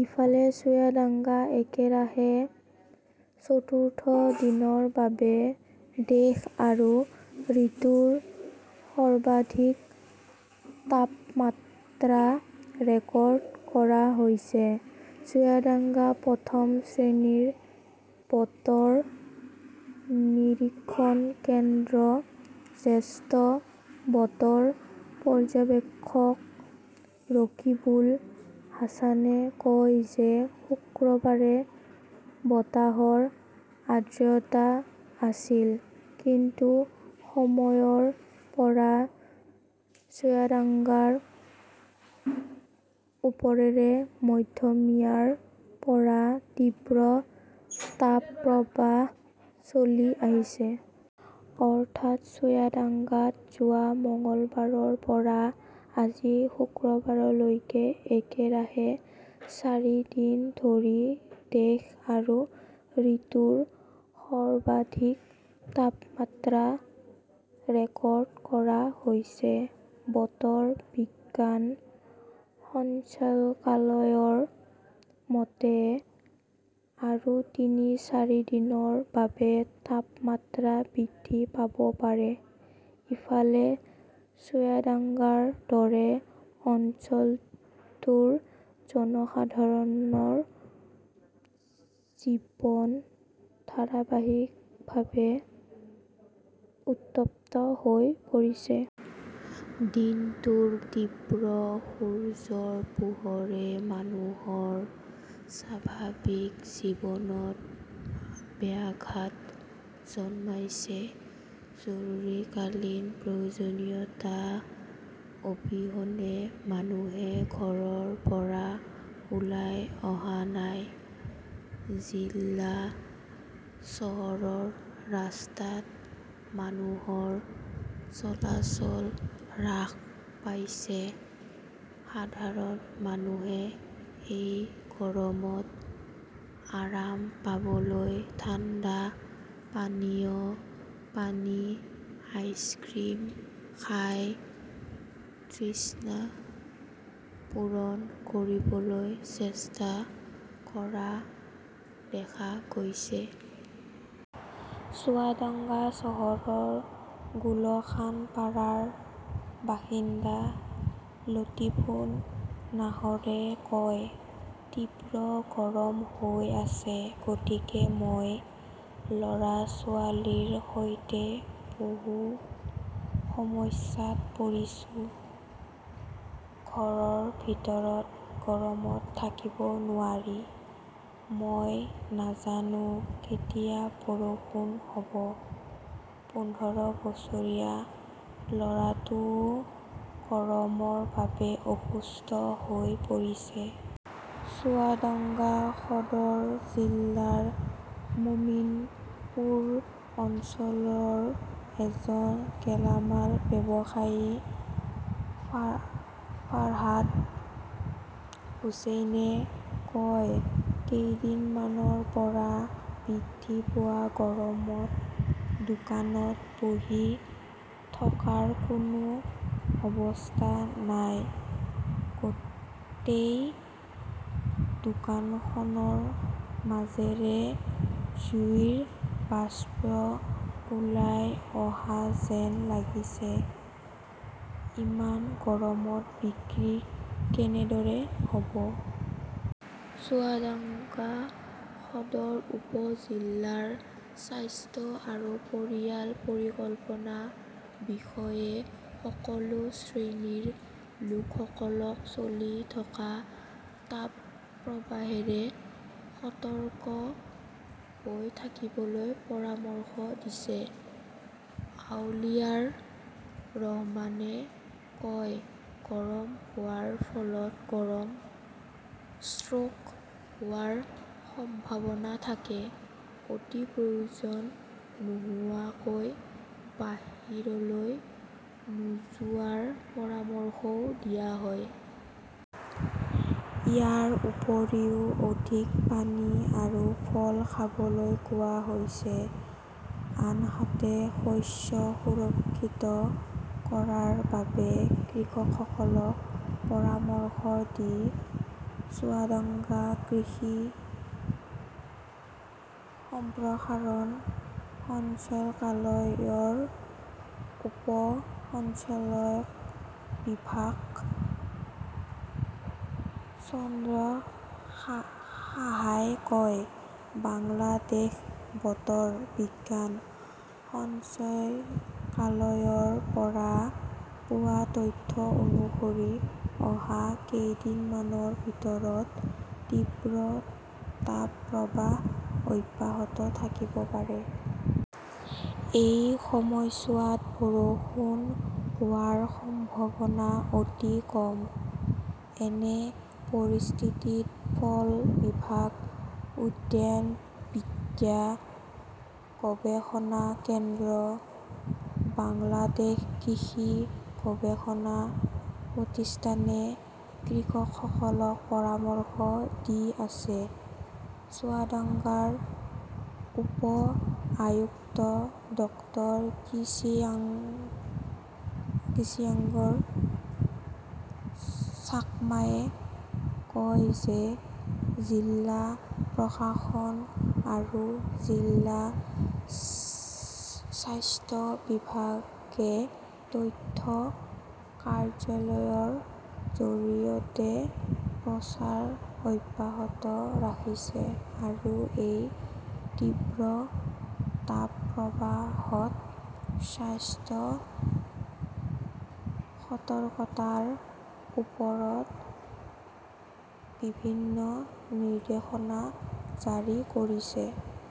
ইফালে, চুয়াডাঙ্গাএকেৰাহে চতুৰ্থ দিনৰ বাবে দেশ আৰু ঋতুৰ সৰ্বাধিক তাপমাত্ৰা ৰেকৰ্ড কৰা হৈছে। চুয়াডাঙ্গা প্ৰথম শ্ৰেণীৰ বতৰ নিৰীক্ষণ কেন্দ্ৰৰ জ্যেষ্ঠ বতৰ পৰ্যবেক্ষক ৰকিবুল হাছানে কয় যে শুক্ৰবাৰে বতাহৰ আৰ্দ্ৰতা আছিল। কিছু সময়ৰ পৰা চুয়াডাঙ্গাৰ ওপৰেৰে মধ্যমীয়াৰ পৰা তীব্ৰ তাপপ্ৰৱাহ চলি আহিছে। অৰ্থাৎ, চুয়াডাঙ্গাত যোৱা মঙলবাৰৰ পৰা আজি শুক্ৰবাৰলৈকে একেৰাহে চাৰিদিন ধৰি দেশ আৰু ঋতুৰ সৰ্বাধিক তাপমাত্ৰা ৰেকৰ্ড কৰা হৈছে। বতৰ বিজ্ঞান সঞ্চালকালয়ৰ মতে আৰু তিনি, চাৰিদিনৰ বাবে তাপমাত্ৰা বৃদ্ধি পাব পাৰে। ইফালে, চুৱাডাঙ্গাৰ দৰে অঞ্চলটোৰ জনসাধাৰণৰ জীৱন ধাৰাবাহিকভাৱে উত্তপ্ত হৈ পৰিছে। দিনটোৰ তীব্ৰ সূৰ্যৰ পোহৰে মানুহৰ স্বাভাৱিক জীৱনত ব্যাঘাত জন্মাইছে। জৰুৰীকালীন প্ৰয়োজনীয়তা অবিহনে মানুহে ঘৰৰ পৰা ওলাই অহা নাই। জিলা চহৰৰ ৰাস্তাত মানুহৰ চলাচল হ্ৰাস পাইছে। সাধাৰণ মানুহে এই গৰমত আৰাম পাবলৈ ঠাণ্ডা পানীয়, পানী, আইচক্ৰীম খাই তৃষ্ণা পূৰণ কৰিবলৈ চেষ্টা কৰা দেখা গৈছে। চুৱাডাঙ্গা চহৰৰ গুলশানপাৰাৰ বাসিন্দা লতিফুন নাহৰে কয়, "তীব্ৰ গৰম হৈ আছে। গতিকে মই ল'ৰা-ছোৱালীৰ সৈতে বহুত সমস্যাত পৰিছোঁ। ঘৰৰ ভিতৰত গৰমত থাকিব নোৱাৰি। মই নাজানো কেতিয়া বৰষুণ হ'ব। পোন্ধৰ বছৰীয়া ল'ৰাটোও গৰমৰ বাবে অসুস্থ হৈ পৰিছে।" চুয়াডাঙ্গা সদৰ জিলাৰ মোমিনপুৰ অঞ্চলৰ এজন গেলামাল ব্যৱসায়ী ফাৰহাদ হুচেইনে কয়, "কেইদিনমানৰ পৰা বৃদ্ধি পোৱা গৰমত দোকানত বহি থকাৰ কোনো অৱস্থা নাই।" গোটেই দোকানখনৰ মাজেৰে জুইৰ বাষ্প ওলাই অহা যেন লাগিছে। ইমান গৰমত বিক্ৰী কেনেদৰে হ'ব। চুৱাডাঙ্গা সদৰ উপ-জিলাৰ স্বাস্থ্য আৰু পৰিয়াল পৰিকল্পনা বিষয়াই সকলো শ্ৰেণীৰ লোকসকলক চলি থকা তাপপ্ৰৱাহেৰে সতৰ্ক হৈ থাকিবলৈ পৰামৰ্শ দিছে। আওলিয়াৰ ৰহমানে কয়,"গৰম হোৱাৰ ফলত গৰম ষ্ট্ৰোক হোৱাৰ সম্ভাৱনা থাকে। অতি প্ৰয়োজন নোহোৱাকৈ বাহিৰলৈ নোযোৱাৰ পৰামৰ্শও দিয়া হয়। ইয়াৰ উপৰিও অধিক পানী আৰু ফল খাবলৈ কোৱা হৈছে।" আনহাতে, শস্য সুৰক্ষিত কৰাৰ বাবে কৃষকসকলক পৰামৰ্শ দি চুয়াডাঙ্গা কৃষি সম্প্ৰসাৰণ সঞ্চালকালয়ৰ উপ সঞ্চালক বিভাস চন্দ্ৰ সাহাই কয়, "বাংলাদেশ বতৰ বিজ্ঞান সঞ্চালকালয়ৰ পৰা পোৱা তথ্য অনুসৰি, অহা কেইদিনমানৰ ভিতৰত তীব্ৰ তাপপ্ৰৱাহ অব্যাহত থাকিব পাৰে। এই সময়ছোৱাত বৰষুণ হোৱাৰ সম্ভাৱনা অতি কম। এনে পৰিস্থিতিত ফল বিভাগ, উদ্যানবিদ্যা গৱেষণা কেন্দ্ৰ, বাংলাদেশ কৃষি গৱেষণা প্ৰতিষ্ঠানে কৃষকসকলক পৰামৰ্শ দি আছে।" চুৱাডাঙ্গাৰ উপ-আয়ুক্ত ডাঃ কিচিঞ্জাৰ চাকমাই কয় যে, জিলা প্ৰশাসন আৰু জিলা স্বাস্থ্য বিভাগে তথ্য কাৰ্যালয়ৰ জৰিয়তে প্ৰচাৰ অব্যাহত ৰাখিছে আৰু এই তীব্ৰ তাপপ্ৰৱাহত স্বাস্থ্য সতৰ্কতাৰ ওপৰত বিভিন্ন নিৰ্দেশনা জাৰি কৰিছে।